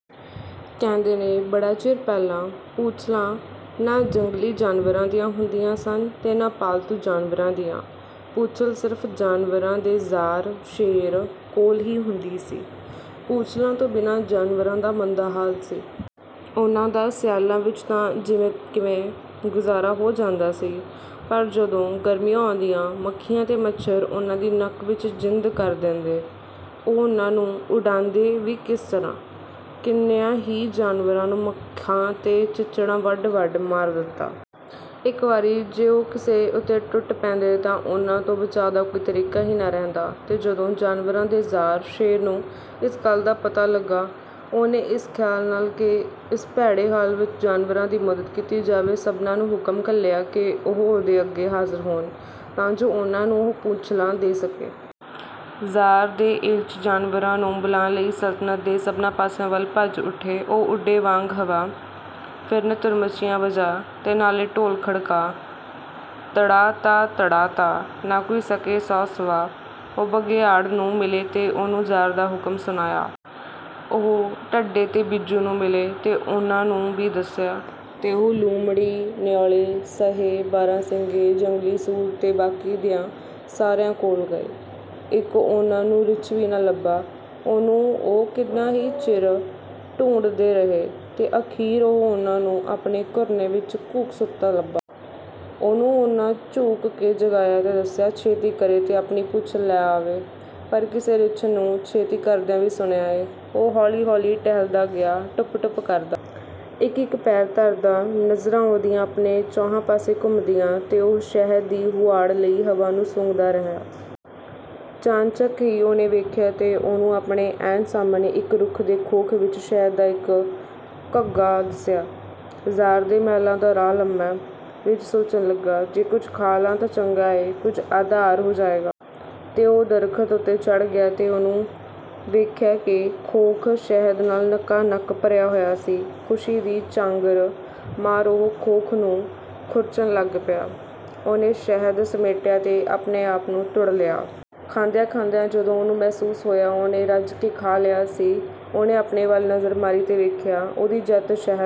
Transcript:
ਕਹਿੰਦੇ ਨੇ, ਬੜਾ ਚਿਰ ਪਹਿਲਾਂ ਪੂਛਲਾਂ ਨਾ ਜੰਗਲੀ ਜਾਨਵਰਾਂ ਦੀਆਂ ਹੁੰਦੀਆਂ ਸਨ ਤੇ ਨਾ ਪਾਲਤੂ ਜਾਨਵਰਾਂ ਦੀਆਂ। ਪੂਛਲ ਸਿਰਫ਼ ਜਾਨਵਰਾਂ ਦੇ ਜ਼ਾਰ, ਸ਼ੇਰ, ਕੋਲ ਹੀ ਹੁੰਦੀ ਸੀ। ਪੂਛਲਾਂ ਤੋਂ ਬਿਨਾਂ ਜਾਨਵਰਾਂ ਦਾ ਮੰਦਾ ਹਾਲ ਸੀ। ਉਹਨਾਂ ਦਾ ਸਿਆਲਾਂ ਵਿੱਚ ਤਾਂ ਜਿਵੇਂ-ਕਿਵੇਂ ਗੁਜ਼ਾਰਾ ਹੋ ਜਾਂਦਾ ਸੀ, ਪਰ ਜਦੋਂ ਗਰਮੀਆਂ ਆਉਂਦੀਆਂ, ਮੱਖੀਆਂ ਤੇ ਮੱਛਰ ਉਹਨਾਂ ਦੀ ਨੱਕ ਵਿੱਚ ਜਿੰਦ ਕਰ ਦੇਂਦੇ! ਉਹ ਉਹਨਾਂ ਨੂੰ ਉਡਾਂਦੇ ਵੀ ਕਿਸ ਤਰ੍ਹਾਂ? ਕਿੰਨਿਆਂ ਹੀ ਜਾਨਵਰਾਂ ਨੂੰ ਮੱਖਾਂ ਤੇ ਚਿੱਚੜਾਂ ਵੱਢ-ਵੱਢ ਮਾਰ ਦਿੱਤਾ! ਇੱਕ ਵਾਰੀ ਜੇ ਉਹ ਕਿਸੇ ਉਤੇ ਟੁੱਟ ਪੈਂਦੇ, ਤਾਂ ਉਹਨਾਂ ਤੋਂ ਬਚਾਅ ਦਾ ਕੋਈ ਤਰੀਕਾ ਹੀ ਨਾ ਰਹਿੰਦਾ। ਤੇ ਜਦੋਂ ਜਾਨਵਰਾਂ ਦੇ ਜ਼ਾਰ, ਸ਼ੇਰ, ਨੂੰ ਇਸ ਗੱਲ ਦਾ ਪਤਾ ਲੱਗਾ, ਉਹਨੇ ਇਸ ਖ਼ਿਆਲ ਨਾਲ ਕਿ ਇਸ ਭੈੜੇ ਹਾਲ ਵਿੱਚ ਜਾਨਵਰਾਂ ਦੀ ਮਦਦ ਕੀਤੀ ਜਾਵੇ, ਸਭਨਾਂ ਨੂੰ ਹੁਕਮ ਘੱਲਿਆ ਕਿ ਉਹ ਉਹਦੇ ਅੱਗੇ ਹਾਜ਼ਰ ਹੋਣ, ਤਾਂ ਜੋ ਉਹਨਾਂ ਨੂੰ ਉਹ ਪੂਛਲਾਂ ਦੇ ਸਕੇ। ਜ਼ਾਰ ਦੇ ਏਲਚੀ ਜਾਨਵਰਾਂ ਨੂੰ ਬੁਲਾਣ ਲਈ ਸਲਤਨਤ ਦੇ ਸਭਨਾਂ ਪਾਸਿਆਂ ਵੱਲ ਭੱਜ ਉੱਠੇ। ਉਹ ਉੱਡੇ ਵਾਂਗ ਹਵਾ, ਫਿਰਨ ਤੁਰਮਚੀਆਂ ਵਜਾ, ਤੇ ਨਾਲੇ ਢੋਲ ਖੜਕਾ, ਤੜਾ-ਤਾ, ਤੜਾ-ਤਾ! ਨਾ ਕੋਈ ਸਕੇ ਸੌ ਸਵਾ। ਉਹ ਬਘਿਆੜ ਨੂੰ ਮਿਲੇ ਤੇ ਉਹਨੂੰ ਜ਼ਾਰ ਦਾ ਹੁਕਮ ਸੁਣਾਇਆ। ਉਹ ਢੱਗੇ ਤੇ ਬਿੱਜੂ ਨੂੰ ਮਿਲੇ, ਤੇ ਉਹਨਾਂ ਨੂੰ ਵੀ ਦੱਸਿਆ। ਤੇ ਉਹ ਲੂੰਮੜੀ, ਨਿਉਲੇ, ਸਹੇ, ਬਾਰਾਂ-ਸਿੰਙੇ, ਜੰਗਲੀ ਸੂਰ ਤੇ ਬਾਕੀ ਦਿਆਂ ਸਾਰਿਆਂ ਕੋਲ ਗਏ। ਇੱਕ ਉਹਨਾਂ ਨੂੰ ਰਿੱਛ ਹੀ ਨਾ ਲੱਭਾ। ਉਹਨੂੰ ਉਹ ਕਿੰਨਾ ਹੀ ਚਿਰ ਢੂੰਡਦੇ ਰਹੇ, ਤੇ ਅਖ਼ੀਰ ਉਹ ਉਹਨਾਂ ਨੂੰ ਆਪਣੇ ਘੁਰਨੇ ਵਿੱਚ ਘੂਕ ਸੁੱਤਾ ਲੱਭਾ। ਉਹਨੂੰ ਉਹਨਾਂ ਝੂਣ ਕੇ ਜਗਾਇਆ ਤੇ ਦੱਸਿਆ, ਛੇਤੀ ਕਰੇ ਤੇ ਆਪਣੀ ਪੂਛਲ ਲੈ ਆਵੇ। ਪਰ ਕਿਸੇ ਰਿੱਛ ਨੂੰ ਛੇਤੀ ਕਰਦਿਆਂ ਵੀ ਸੁਣਿਆ ਏਂ! ਉਹ ਹੌਲੀ-ਹੌਲੀ ਟਹਿਲਦਾ ਗਿਆ, ਟੁਪ-ਟੁਪ ਕਰਦਾ, ਇੱਕ-ਇੱਕ ਪੈਰ ਧਰਦਾ; ਨਜ਼ਰਾਂ ਉਹਦੀਆਂ ਆਪਣੇ ਚੌਹਾਂ ਪਾਸੇ ਘੁੰਮਦੀਆਂ, ਤੇ ਉਹ ਸ਼ਹਿਦ ਦੀ ਹੁਆੜ ਲਈ ਹਵਾ ਨੂੰ ਸੁੰਘਦਾ ਰਿਹਾ। ਚਾਣਚਕ ਹੀ ਉਹਨੇ ਵੇਖਿਆ, ਤੇ ਉਹਨੂੰ ਆਪਣੇ ਐਨ ਸਾਹਮਣੇ, ਇਕ ਰੁੱਖ ਦੇ ਖੋਖ ਵਿੱਚ, ਸ਼ਹਿਦ ਦਾ ਇੱਕ ਖੱਗਾ ਦਿਸਿਆ। "ਜ਼ਾਰ ਦੇ ਮਹਿਲਾਂ ਦਾ ਰਾਹ ਲੰਮੈਂ," ਰਿੱਛ ਸੋਚਣ ਲੱਗਾ। "ਜੇ ਕੁਝ ਖਾ ਲਾਂ, ਤਾਂ ਚੰਗਾ ਏ, ਕੁਝ ਆਧਾਰ ਹੋ ਜਾਏਗਾ।" ਤੇ ਉਹ ਦਰਖ਼ਤ ਉਤੇ ਚੜ੍ਹ ਗਿਆ ਤੇ ਉਹਨੇ ਵੇਖਿਆ ਕਿ ਖੋਖ ਸ਼ਹਿਦ ਨਾਲ ਨਕਾ-ਨਕ ਭਰਿਆ ਹੋਇਆ ਸੀ! ਖੁਸ਼ੀ ਦੀ ਚਾਂਗਰ ਮਾਰ ਉਹ ਖੋਖ ਨੂੰ ਖੁਰਚਣ ਲੱਗ ਪਿਆ। ਉਹਨੇ ਸ਼ਹਿਦ ਸਮੇਟਿਆ ਤੇ ਆਪਣੇ ਆਪ ਨੂੰ ਤੂੜ ਲਿਆ। ਖਾਂਦਿਆਂ-ਖਾਂਦਿਆਂ ਜਦੋਂ ਉਹਨੂੰ ਮਹਿਸੂਸ ਹੋਇਆ, ਉਹਨੇ ਰੱਜ ਕੇ ਖਾ ਲਿਆ ਸੀ, ਉਹਨੇ ਆਪਣੇ ਵੱਲ ਨਜ਼ਰ ਮਾਰੀ ਤੇ ਵੇਖਿਆ, ਉਹਦੀ ਜੱਤ ਸ਼ਹਿਦ